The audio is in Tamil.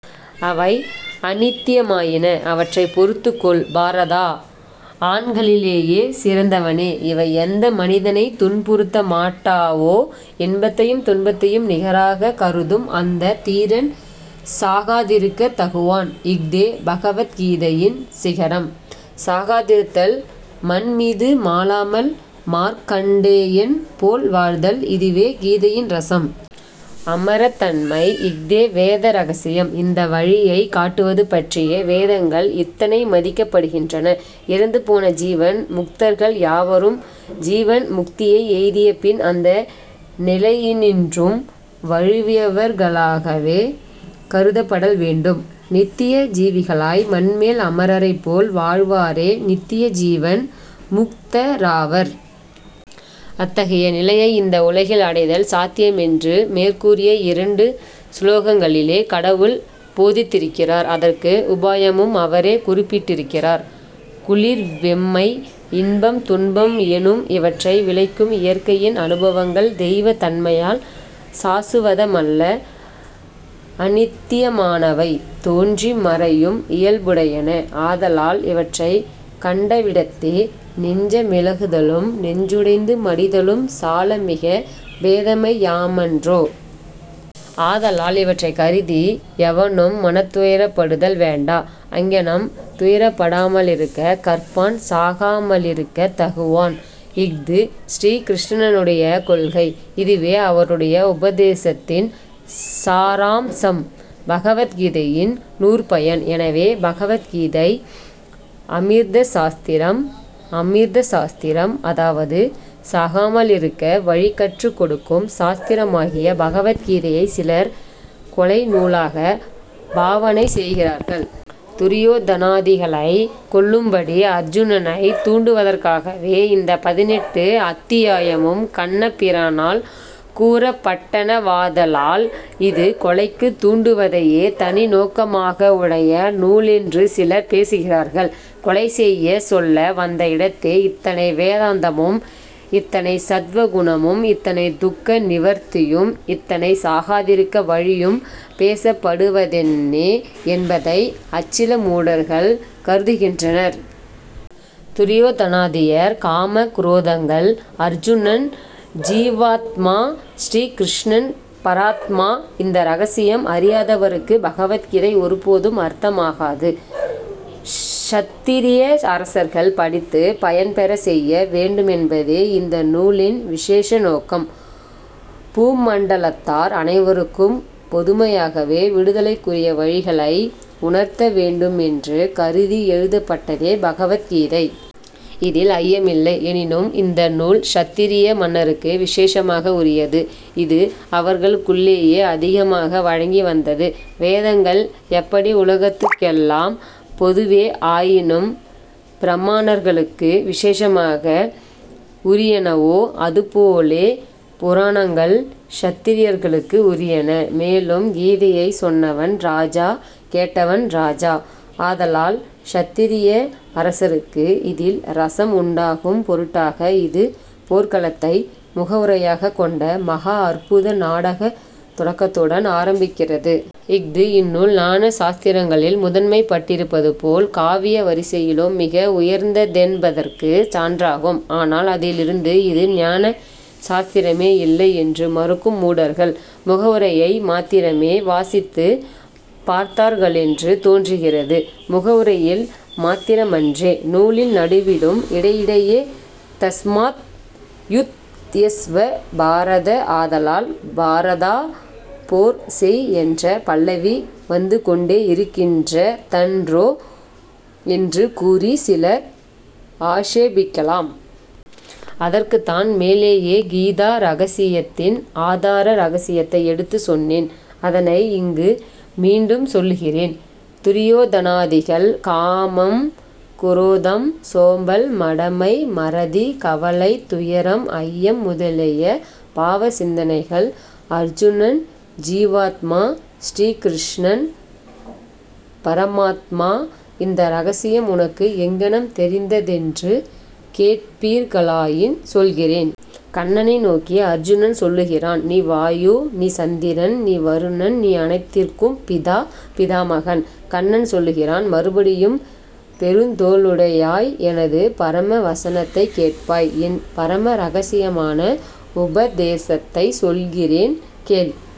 அவை அநித்தியமாயின. அவற்றைப் பொறுத்துக் கொள், பாரதா! ஆண்களிலேயே சிறந்தவனே, இவை எந்த மனிதனைத் துன்புறுத்தமாட்டாவோ, இன்பத்தையும் துன்பத்தையும் நிகராகக் கருதும் அந்தத் தீரன் சாகாதிருக்கத் தகுவான். இஃதே பகவத் கீதையின் சிகரம். சாகாதிருத்தல், மண் மீது மாளாமல் மார்க்கண்டேயன் போல் வாழ்தல், இதுவே கீதையின் ரசம். அமரத்தன்மை. இஃதே வேத ரகசியம். இந்த வழியைக் காட்டுவது பற்றியே வேதங்கள் இத்தனை மதிக்கப்படுகின்றன. இறந்து போன ஜீவன் முக்தர்கள் யாவரும் ஜீவன் முக்தியை எய்திய பின் அந்த நிலையினின்றும் வழுவியவர்களாகவே கருதப்படல் வேண்டும். நித்திய ஜீவிகளாய் மண்மேல் அமரரைப் போல் வாழ்வாரே நித்திய ஜீவன் முக்தராவர். அத்தகைய நிலையை இந்த உலகில் அடைதல் சாத்தியமென்று மேற்கூறிய இரண்டு சுலோகங்களிலே கடவுள் போதித்திருக்கிறார். அதற்கு உபாயமும் அவரே குறிப்பிட்டிருக்கிறார். குளிர் வெம்மை, இன்பம் துன்பம் எனும் இவற்றை விளைக்கும் இயற்கையின் அனுபவங்கள், தெய்வ தன்மையால் சாசுவதமல்ல. அநித்தியமானவை. தோன்றி மறையும் இயல்புடையன. ஆதலால் இவற்றைக் கண்டவிடத்தே நெஞ்சமிளகுதலும் நெஞ்சுடைந்து மடிதலும் சால மிகப் பேதமையாமன்றோ? ஆதலால் இவற்றைக் கருதி எவனும் மனத்துயரப்படுதல் வேண்டா. அங்ஙனம் துயரப்படாமலிருக்கக் கற்பான் சாகாமலிருக்கத் தகுவான். இஃது ஸ்ரீ கிருஷ்ணனுடைய கொள்கை. இதுவே அவருடைய உபதேசத்தின் சாராம்சம். பகவத் கீதையின் நூற்பயன். எனவே பகவத் கீதை அமிர்த சாஸ்திரம். அமிர்த சாஸ்திரம், அதாவது சாகாமலிருக்க வழி கற்றுக் கொடுக்கும் சாஸ்திரமாகிய பகவத் கீதையைச் சிலர் கொலை நூலாகப் பாவனை செய்கிறார்கள். துரியோதனாதிகளைக் கொல்லும்படி அர்ஜுனனைத் தூண்டுவதற்காகவே, இந்தப் பதினெட்டு அத்தியாயமும் கண்ணபிரானால் கூறப்பட்டனவாதலால், இது கொலைக்குத் தூண்டுவதையே தனி நோக்கமாகவுடைய நூலென்று சிலர் பேசுகிறார்கள். கொலை செய்யச் சொல்ல வந்த இடத்தே, இத்தனை வேதாந்தமும், இத்தனை சத்வ குணமும், இத்தனை துக்க நிவர்த்தியும், இத்தனை சாகாதிருக்க வழியும் பேசப்படுவதென்னே என்பதை அச்சில மூடர்கள் கருதுகின்றனர். துரியோதனாதியர் காமக் குரோதங்கள். அர்ஜுனன் ஜீவாத்மா. ஸ்ரீ கிருஷ்ணன் பரமாத்மா. இந்த ரகசியம் அறியாதவருக்குப் பகவத் கீதை ஒருபோதும் அர்த்தமாகாது. க்ஷத்திரிய அரசர்கள் படித்துப் பயன்பெறச் செய்ய வேண்டுமென்பதே இந்த நூலின் விசேஷ நோக்கம். பூமண்டலத்தார் அனைவருக்கும் பொதுமையாகவே விடுதலைக்குரிய வழிகளை உணர்த்த வேண்டுமென்று கருதி எழுதப்பட்டதே பகவத் கீதை. இதில் ஐயமில்லை. எனினும், இந்த நூல் க்ஷத்திரிய மன்னருக்கு விசேஷமாக உரியது. இது அவர்களுக்குள்ளேயே அதிகமாக வழங்கி வந்தது. வேதங்கள் எப்படி உலகத்துக்கெல்லாம் பொதுவே ஆயினும் பிராமணர்களுக்கு விசேஷமாக உரியனவோ, அதுபோலே புராணங்கள் க்ஷத்திரியர்களுக்கு உரியன. மேலும் கீதையைச் சொன்னவன் ராஜா, கேட்டவன் ராஜா. ஆதலால் க்ஷத்திரிய அரசருக்கு இதில் ரசம் உண்டாகும் பொருட்டாக இது போர்க்களத்தை முகவுரையாகக் கொண்ட மகா அற்புத நாடகத் தொடக்கத்துடன் ஆரம்பிக்கிறது. இஃது, இந்நூல் ஞான சாஸ்திரங்களில் முதன்மைப் பட்டிருப்பதுபோல், காவிய வரிசையிலும் மிக உயர்ந்ததென்பதற்குச் சான்றாகும். ஆனால், அதிலிருந்து இது ஞான சாஸ்திரமேயில்லை என்று மறுக்கும் மூடர்கள், முகவுரையை மாத்திரமே வாசித்துப் பார்த்தார்களென்று தோன்றுகிறது. முகவுரையில் மாத்திரமன்றே? நூலில், நடுவிலும் இடையிடையே, தஸ்மாத் யுத்யஸ்வ பாரத, ஆதலால், பாரதா, போர் செய் என்ற பல்லவி வந்துகொண்டேயிருக்கின்றதன்றோ என்று கூறிச் சிலர் ஆக்ஷேபிக்கலாம். அதற்குத்தான் மேலேயே கீதா ரகசியத்தின் ஆதார ரகசியத்தை எடுத்துச் சொன்னேன். அதனை, இங்கு மீண்டும் சொல்லுகிறேன். துரியோதனாதிகள் காமம், குரோதம், சோம்பல், மடமை, மறதி, கவலை, துயரம், ஐயம் முதலிய பாவ சிந்தனைகள். அர்ஜுனன் ஜீவாத்மா. ஸ்ரீ கிருஷ்ணன் பரமாத்மா. இந்த ரகசியம் உனக்கு எங்ஙனம் தெரிந்ததென்று கேட்பீர்களாயின், சொல்கிறேன். கண்ணனை நோக்கி அர்ஜுனன் சொல்லுகிறான், நீ வாயு, நீ சந்திரன், நீ வருணன், நீ அனைத்திற்கும் பிதா, பிதாமகன். கண்ணன் சொல்லுகிறான், மறுபடியும், பெருந்தோளுடையாய், எனது பரம வசனத்தைக் கேட்பாய். என் பரம ரகசியமான உபதேசத்தைச் சொல்கிறேன், கேள்.